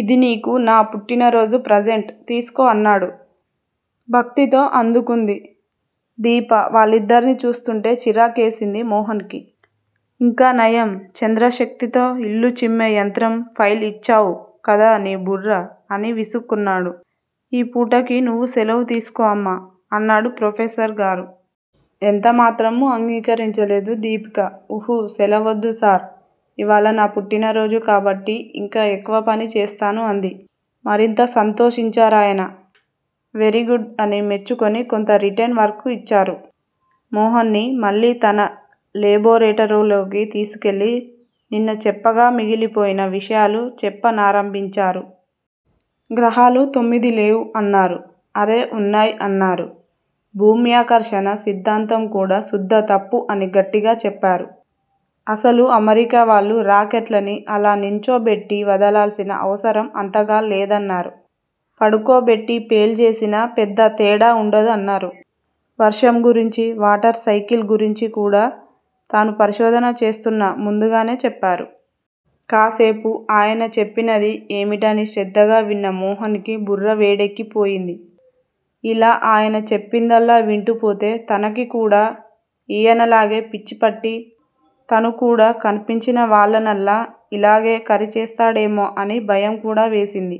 ఇది నీకు నా పుట్టినారోజు ప్రజంట్ తీసుకో అన్నాడు. భక్తితో అందుకుంది. దీప వాళ్ళిద్దర్నీ చూస్తుంటే చిరాకేసింది మోహన్ కి. ఇంకానయం చంద్రశక్తితో ఇల్లు చిమ్మే యంత్రం ఫైల్ ఇచ్చావు కదా నీ బుర్ర, అని విసుక్కున్నాడు. ఈ పూటకి నువ్వు సెలవు తీసుకోమ్మా! అన్నారు ప్రొఫెసర్ గారు. ఎంతమాత్రమూ అంగీకరించలేదు దీపిక ఉహు! సెలవొద్దు సార్! ఇవ్వాళ నా పుట్టినరోజు కాబట్టి ఇంకా ఎక్కువ పని చేస్తాను అంది. మరింత సంతోషించారాయన. వెరీగుడ్ అని మెచ్చుకొని కొంత రిటెన్ వర్కు ఇచ్చారు. మోహన్ ని మళ్ళీ తన లేబొరేటరీలోకి తీసికెళ్ళి నిన్న చెప్పగా మిగిలిపోయిన విషయాలు చెప్పనారంభించారు. గ్రహాలు తొమ్మిదిలేవ్ అన్నారు. ఆరే వున్నాయ్ అన్నారు. భూమ్యాకర్షణ సిద్దాంతంకూడా శుద్ధ తప్పు అని గట్టిగా చెప్పారు. అసలు అమెరికావాళ్ళు రాకెట్లని అలా నించోబెట్టి వదలాల్సిన అవసరం అంతగా లేదన్నారు. పడుకో బెట్టి పెల్చేసినా పెద్ద తేడా వుండదు అన్నారు. వర్షం గురించి వాటర్ సైకిల్ గురించికూడా తాను పరిశోధన చేస్తున్నా ముందుగానే చెప్పారు. కాసేపు ఆయన చెప్పినది ఏమిటని శ్రద్ధగా విన్న మోహన్ కి బుర్ర వేడెక్కి పోయింది. ఇలా ఆయన చెప్పిందల్లా వింటూపోతే తనకికూడా ఈయనలాగే పిచ్చిపట్టి తను కూడా కనిపించినవాళ్ళనల్లా ఇలాగే కరిచేస్తాడేమో అని భయంకూడా వేసింది.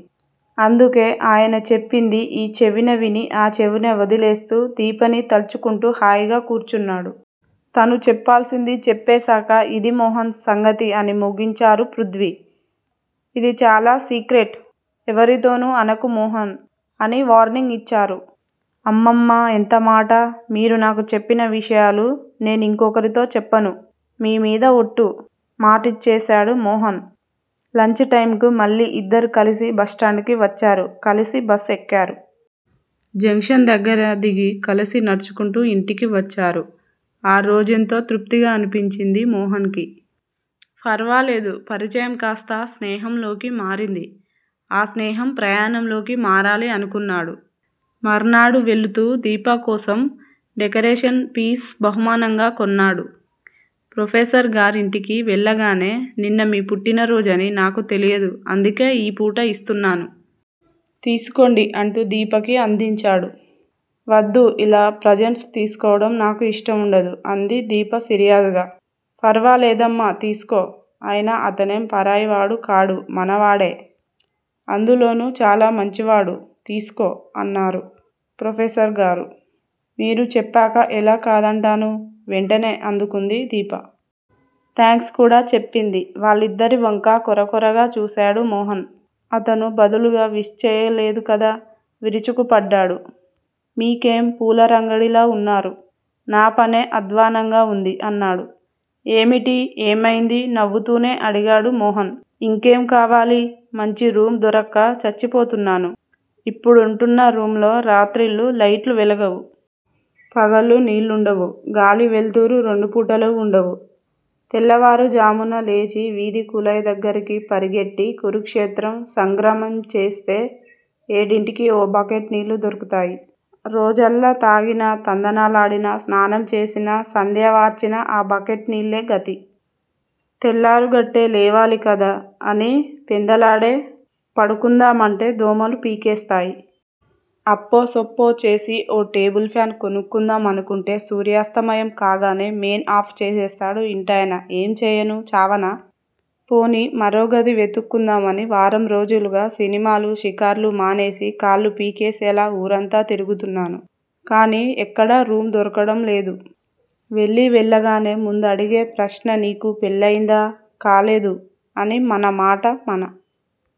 అందుకే ఆయన చెప్పింది ఈ చెవిన విని ఆ చెవినవదిలేస్తూ దీపని తల్చుకుంటూ హాయిగా కూర్చున్నాడు. తను చెప్పాల్సింది చెప్పేశాక ఇదీ మోహన్ సంగతి అని ముగించారు పృధ్వి. ఇది చాలా సీక్రెట్. ఎవరితోనూ అనకు మోహన్! అని వార్నింగ్ ఇచ్చారు. అమ్మమ్మ! ఎంతమాట మీరు నాకు చెప్పిన విషయాలు నేనింకొకరితో చెప్పను. మీమీద ఒట్టు! మాటచ్చేసాడు మోహన్. లంచ్ టైంకి మళ్ళీ ఇద్దరూ కలిసి బస్టాండ్ కి వచ్చారు కలసి బస్ ఎక్కారు. జంక్షను దగ్గర దిగి కలసి నడుచుకుంటూ ఇంటికి వచ్చారు. ఆ రోజెంతో తృప్తిగా అనిపించింది మోహన్ కి. ఫర్వాలేదు పరిచయం కాస్తా స్నేహంలోకి మారింది. ఆ స్నేహం ప్రయాణంలోకి మారాలి! అనుకున్నాడు. మర్నాడు వేళ్ళుతూ దీపకోసం మంచి డెకరేషన్ పీస్ బహుమానంగా కొన్నాడు. ప్రొఫెసరుగారింటికి వెళ్ళగానే నిన్న మీ పుట్టినరోజని నాకు తెలియదు అందుకే ఈ పూట యిస్తున్నాను. తీసుకోండి అంటూ దీపకి అందించాడు. వద్దు యిలా ప్రజంట్సు తీసుకోవడం నాకిష్టం వుండదు! అంది దీప సీరియాద్ గా. ఫర్వలేదమ్మా తీసుకో. అయినా అతనేం పరాయివాడుకాడు మనవాడే. అందులోనూ చాలా మంచివాడు. తీసుకో! అన్నారు ప్రొఫెసర్ గారు. మీరుచెప్పాక ఎలా కాదంటాను! వెంటనే అందుకుంది దీప. థాంక్స్ కూడా చెప్పింది. వాళ్ళిద్దరివంకా కొరకొరా చూశాడు మోహన్. అతను బదులుగా విష్ చెయ్యలేదుకదా, విరుచుకుపడ్డాడు. మీకేం పూలరంగడిలావున్నారు. నాపనే అధ్వానంగా వుంది! అన్నాడు. ఏమిటి? ఏమైంది? నవ్వుతూనే అడిగాడు మోహన్. ఇంకేం కావాలి? మంచి రూమ్ దొరక్క చచ్చిపోతున్నాను. ఇప్పుడుంటున్న రూమ్ లో రాత్రిళ్ళు లైట్లు వెలగవు. పగలు నీళ్ళుండవు. గాలీ, వెల్తురు రెండుపూటలూ వుండవు. తెల్లారుఝామున లేచి వీధి కుళాయిదగ్గరికి పరిగెట్టి కురుక్షేత్రం సంగ్రామంచేస్తే ఏడింటికి ఓ బక్కెట్ నీళ్ళు దొరుకుతాయి. రోజల్లా తాగినా తందనాలాడినా, స్నానం చేసినా, సంధ్యవార్చినా ఆ బకెట్ నీళ్ళే గతి. తెల్లారుగట్టే లేవాలికదా అని పెందలాడే పడుకుందామంటే దోమలు పీకేస్తాయి. అప్పోసొప్పో చేసి ఓ టేబుల్ ఫ్యాను కొనుక్కుందాం అనుకుంటే సూర్యస్తమయం కాగానే మెయిన్ ఆఫ్ చేసేస్తాడు ఇంటాయన. ఏం చెయ్యను చావనా? పోనీ మరోగది వెతుక్కుందామని వారం రోజులుగా సినిమాలూ, షికార్లూ మానేసి కాళ్ళుపీకేసేలా ఊరంతా తిరుగుతున్నాను. కానీ ఎక్కడా రూమ్ దొరకడం లేదు. వెళ్ళీ వెళ్ళగానే ముందు అడిగే ప్రశ్ననీకు పెళ్ళయిందా? కాలేదు, అని మనమాట మన